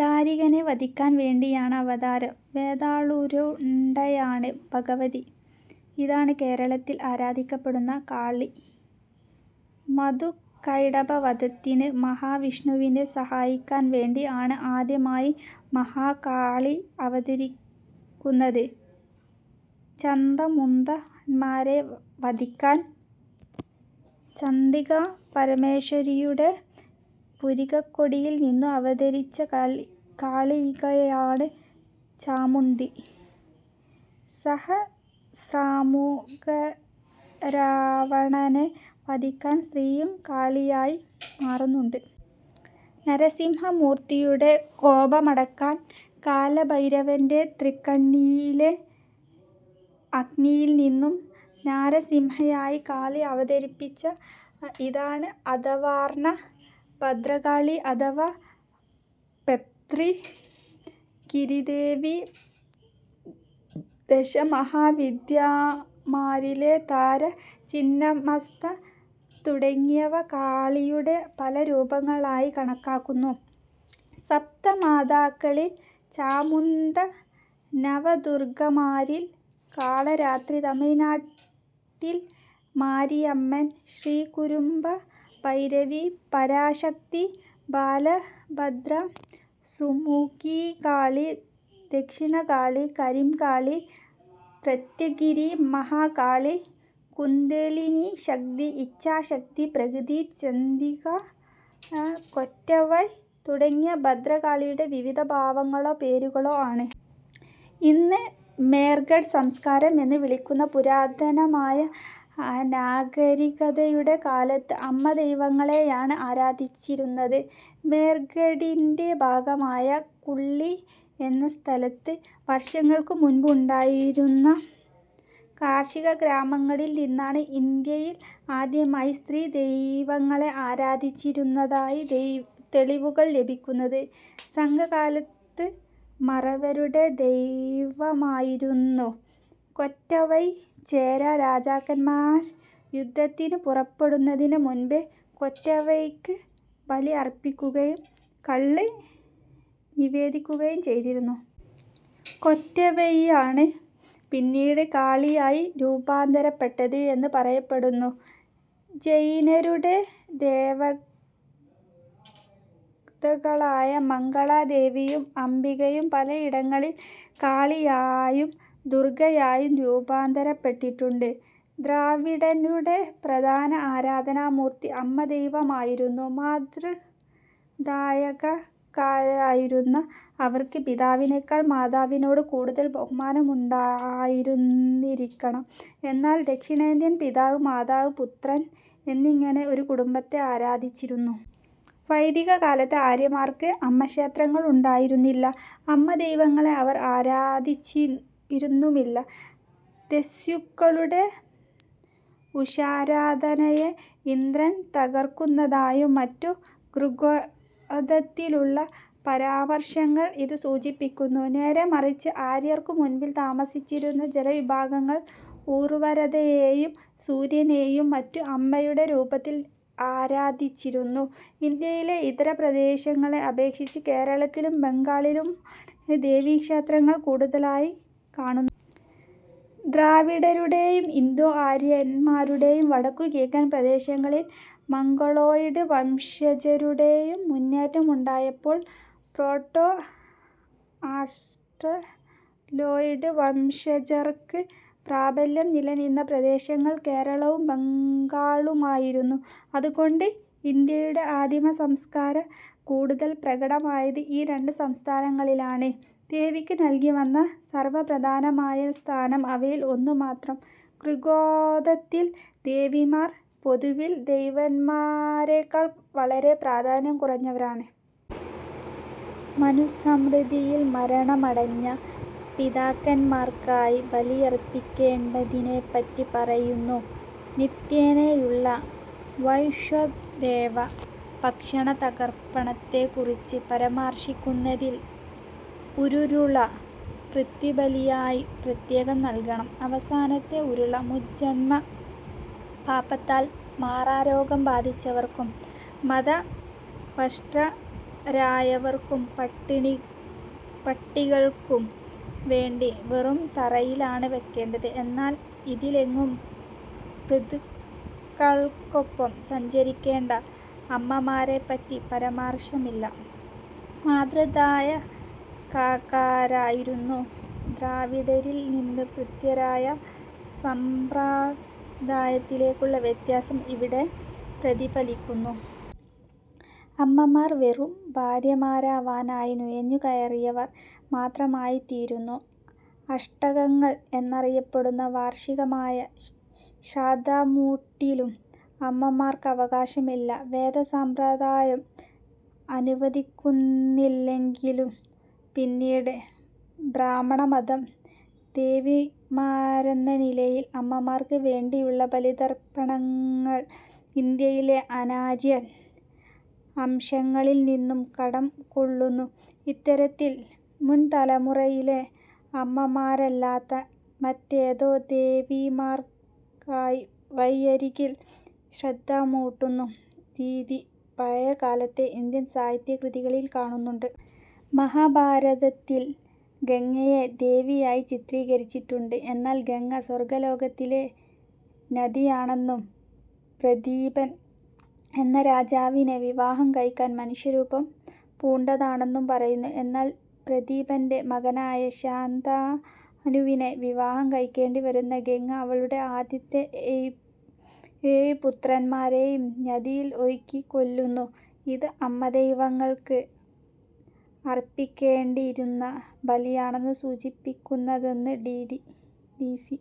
ദാരികനെ വധിക്കാൻ വേണ്ടിയാണ് അവതാരം. വേതാളാരൂഢയാണ് ഭഗവതി. ഇതാണ് കേരളത്തിൽ ആരാധിക്കപ്പെടുന്ന കാളി. മധുകൈടഭ വധത്തിന് മഹാവിഷ്ണുവിനെ സഹായിക്കാൻ വേണ്ടി ആണ് ആദ്യമായി മഹാകാളി അവതരിക്കുന്നത്. ചണ്ഡമുണ്ഡന്മാരെ വധിക്കാൻ ചണ്ഡികാ പരമേശ്വരിയുടെ പുരികക്കൊടിയിൽ നിന്നും അവതരിച്ച കാളികയാണ് "ചാമുണ്ഡി". സഹസ്രമുഖരാവണനെ വധിക്കാൻ സീതയും കാളിയായി മാറുന്നുണ്ട്. നരസിംഹമൂർത്തിയുടെ കോപമടക്കാൻ കാലഭൈരവന്റെ തൃക്കണ്ണിലെ അഗ്നിയിൽ നിന്നും നാരസിംഹിയായി കാളി അവതരിച്ചു. ഇതാണ് അഥർവാണ ഭദ്രകാളി അഥവാ പ്രത്യംഗിരിദേവി. ദശമഹാവിദ്യമാരിലെ താര, ചിന്നമസ്ത തുടങ്ങിയവ കാളിയുടെ പല രൂപങ്ങൾ ആയി കണക്കാക്കുന്നു. സപ്തമാതാക്കളിൽ ചാമുണ്ഡ, നവദുർഗ്ഗമാരിൽ കാളരാത്രി, തമിഴ്നാട്ടിൽ മാരിയമ്മൻ, ശ്രീകുരുംബ, ഭൈരവി, പരാശക്തി, ബാലഭദ്ര, സുമുഖീകാളി, ദക്ഷിണകാളി, കരിംകാളി, പ്രത്യംഗിരി, മഹാകാളി, കുണ്ഡലിനീശക്തി, ഇച്ഛാശക്തി, പ്രകൃതി, ചണ്ഡിക, കൊറ്റവൈ തുടങ്ങിയവ ഭദ്രകാളിയുടെ വിവിധ ഭാവങ്ങളോ പേരുകളോ ആണ്. ഇന്ന് മേർഘഡ് സംസ്കാരം എന്നു വിളിക്കുന്ന പുരാതനമായ നാഗരികതയുടെ കാലത്ത് അമ്മദൈവങ്ങളെയാണ് ആരാധിച്ചിരുന്നത്. മേർഘഡിന്റെ ഭാഗമായ കുള്ളി എന്ന സ്ഥലത്ത് വർഷങ്ങൾക്കു മുൻപ് ഉണ്ടായിരുന്ന കാർഷികഗ്രാമങ്ങളിൽ നിന്നാണ് ഇന്ത്യയിൽ ആദ്യമായി സ്ത്രീ ദൈവങ്ങളെ ആരാധിച്ചിരുന്നതായി തെളിവുകൾ ലഭിക്കുന്നത്. സംഘകാലത്ത് മറവരുടെ ദൈവമായിരുന്നു കൊറ്റവൈ. ചേരരാജാക്കന്മാർ യുദ്ധത്തിനു പുറപ്പെടുന്നതിനു മുൻപ് കൊറ്റവൈക്ക് ബലി അർപ്പിക്കുകയും കള്ള് നിവേദിക്കുകയും ചെയ്തിരുന്നു. കൊറ്റവൈയാണ് പിന്നീട് കാളിയായി രൂപാന്തരപ്പെട്ടത് എന്ന് പറയപ്പെടുന്നു. ജൈനരുടെ ദേവതകളായ മംഗളാ ദേവിയും അംബികയും പലയിടങ്ങളിൽ കാളിയായും ദുർഗ്ഗയായും രൂപാന്തരപ്പെട്ടിട്ടുണ്ട്. ദ്രാവിഡരുടെ പ്രധാന ആരാധനാ മൂർത്തി അമ്മദൈവമായിരുന്നു. മാതൃദായകക്കാരായിരുന്ന അവർക്ക് പിതാവിനേക്കാൾ മാതാവിനോട് കൂടുതൽ ബഹുമാനം ഉണ്ടായിരുന്നിരിക്കണം. എന്നാൽ ദക്ഷിണേന്ത്യയിൽ പിതാവ് മാതാവ് പുത്രൻ എന്നിങ്ങനെ ഒരു കുടുംബത്തെ ആരാധിച്ചിരുന്നു. വൈദികകാലത്തെ ആര്യന്മാർക്ക് അമ്മ ക്ഷേത്രങ്ങൾ ഉണ്ടായിരുന്നില്ല. അമ്മ ദൈവങ്ങളെ അവർ ആരാധിച്ചിരുന്നുമില്ല. ദസ്യുക്കളുടെ ഉഷാരാധനയെ ഇന്ദ്രൻ തകർക്കുന്നതായും മറ്റും ഋഗ്വേദത്തിലുള്ള പരാമർശങ്ങൾ ഇത് സൂചിപ്പിക്കുന്നു. നേരേ മറിച്ച് ആര്യർക്കും മുൻപ് താമസിച്ചിരുന്ന ജനവിഭാഗങ്ങൾ ഉർവരതയേയും സൂര്യനേയും മറ്റും അമ്മയുടെ രൂപത്തിൽ ആരാധിച്ചിരുന്നു. ഇന്ത്യയിലെ ഇതര പ്രദേശങ്ങളെ അപേക്ഷിച്ച് കേരളത്തിലും ബംഗാളിലുമാണ് ദേവിക്ഷേത്രങ്ങൾ കൂടുതലായി കാണുന്നത്. ദ്രാവിഡരുടേയും, ഇന്തോ-ആര്യന്മാരുടേയും, വടക്കു കിഴക്കൻ പ്രദേശങ്ങളിൽ മംഗളോയിഡ് വംശജരുടേയും മുന്നേറ്റമുണ്ടായപ്പോൾ പ്രോട്ടോ ആസ്റ്റ്രലോയ്ഡ് വംശജർക്ക് പ്രാബല്യം നിലനിന്ന പ്രദേശങ്ങൾ കേരളവും ബംഗാളുമായിരുന്നു. അതുകൊണ്ട് ഇന്ത്യയുടെ ആദിമസംസ്കാരം കൂടുതൽ പ്രകടമായത് ഈ രണ്ട് സംസ്ഥാനങ്ങളിലാണ്. ദേവിക്ക് നൽകി വന്ന സർവ്വപ്രധാനമായ സ്ഥാനം അവയിൽ ഒന്നുമാത്രം. ഋഗ്വേദത്തിൽ ദേവിമാർ പൊതുവിൽ ദേവന്മാരേക്കാൾ വളരെ പ്രാധാന്യം കുറഞ്ഞവരാണ്. മനുസ്മൃതിയിൽ മരണമടഞ്ഞ പിതാക്കന്മാർക്കായി ബലിയർപ്പിക്കേണ്ടതിനെപ്പറ്റി പറയുന്നു. നിത്യേനയുള്ള വൈശ്വദേവ ഭക്ഷണ തർപ്പണത്തെക്കുറിച്ച് പരാമർശിക്കുന്നതിൽ ഒരുരുള പിതൃബലിയായി പ്രത്യേകം നൽകണം. അവസനത്തെ ഉരുള മുജ്ജന്മ പാപത്താൽ മാറാരോഗം ബാധിച്ചവർക്കും മതഭ്രഷ്ടരായവർക്കും പട്ടികൾക്കും വേണ്ടി വെറും തറയിലാണ് വെക്കേണ്ടത്. എന്നാൽ ഇതിലെങ്ങും പിതൃക്കൾക്കൊപ്പം സഞ്ചരിക്കേണ്ട അമ്മമാരെപ്പറ്റി പരാമർശമില്ല. മാതൃദായകക്കാരായിരുന്ന ദ്രാവിഡരിൽ നിന്ന് പിതൃദായ സമ്പ്രദായത്തിലേക്കുള്ള വ്യത്യാസം ഇവിടെ പ്രതിഫലിക്കുന്നു. അമ്മമാർ വെറും ഭാര്യമാരാവാനായി നുഴഞ്ഞുകയറിയവർ മാത്രമായിത്തീരുന്നു. അഷ്ടകങ്ങൾ എന്നറിയപ്പെടുന്ന വാർഷികമായ ശ്രാദ്ധമൂട്ടിലും അമ്മമാർക്കവകാശമില്ല. വേദസമ്പ്രദായം അനുവദിക്കുന്നില്ലെങ്കിലും പിന്നീട് ബ്രാഹ്മണമതം ദേവിമാരെന്ന നിലയിൽ അമ്മമാർക്ക് വേണ്ടിയുള്ള ബലി തർപ്പണങ്ങൾ ഇന്ത്യയിലെ അനാര്യൻ അംശങ്ങളിൽ നിന്നും കടം കൊള്ളുന്നു. ഇത്തരത്തിൽ മുൻതലമുറയിലെ അമ്മമാരല്ലാത്ത മറ്റേതോ ദേവിമാർക്കായി വഴിയരികിൽ ശ്രാദ്ധമൂട്ടുന്ന രീതി പഴയകാലത്തെ ഇന്ത്യൻ സാഹിത്യകൃതികളിൽ കാണുന്നുണ്ട്. മഹാഭാരതത്തിൽ ഗംഗയെ ദേവിയായി ചിത്രീകരിച്ചിട്ടുണ്ട്. എന്നാൽ ഗംഗ സ്വർഗ്ഗലോകത്തിലെ നദിയാണെന്നും പ്രദീപൻ എന്ന രാജാവിനെ വിവാഹം കഴിക്കാൻ മനുഷ്യരൂപം പൂണ്ടതാണെന്നും പറയുന്നു. എന്നാൽ പ്രദീപന്റെ മകനായ ശാന്തനുവിനെ വിവാഹം കഴിക്കേണ്ടിവരുന്ന ഗംഗ അവളുടെ ആദ്യത്തെ ഏഴുപുത്രന്മാരേയും നദിയിൽ ഒഴുക്കിക്കൊല്ലുന്നു. ഇത് അമ്മ ദൈവങ്ങൾക്ക് അർപ്പിക്കേണ്ടിയിരുന്ന ബലിയെയാണ് സൂചിപ്പിക്കുന്നതെന്ന് ഡി. സി.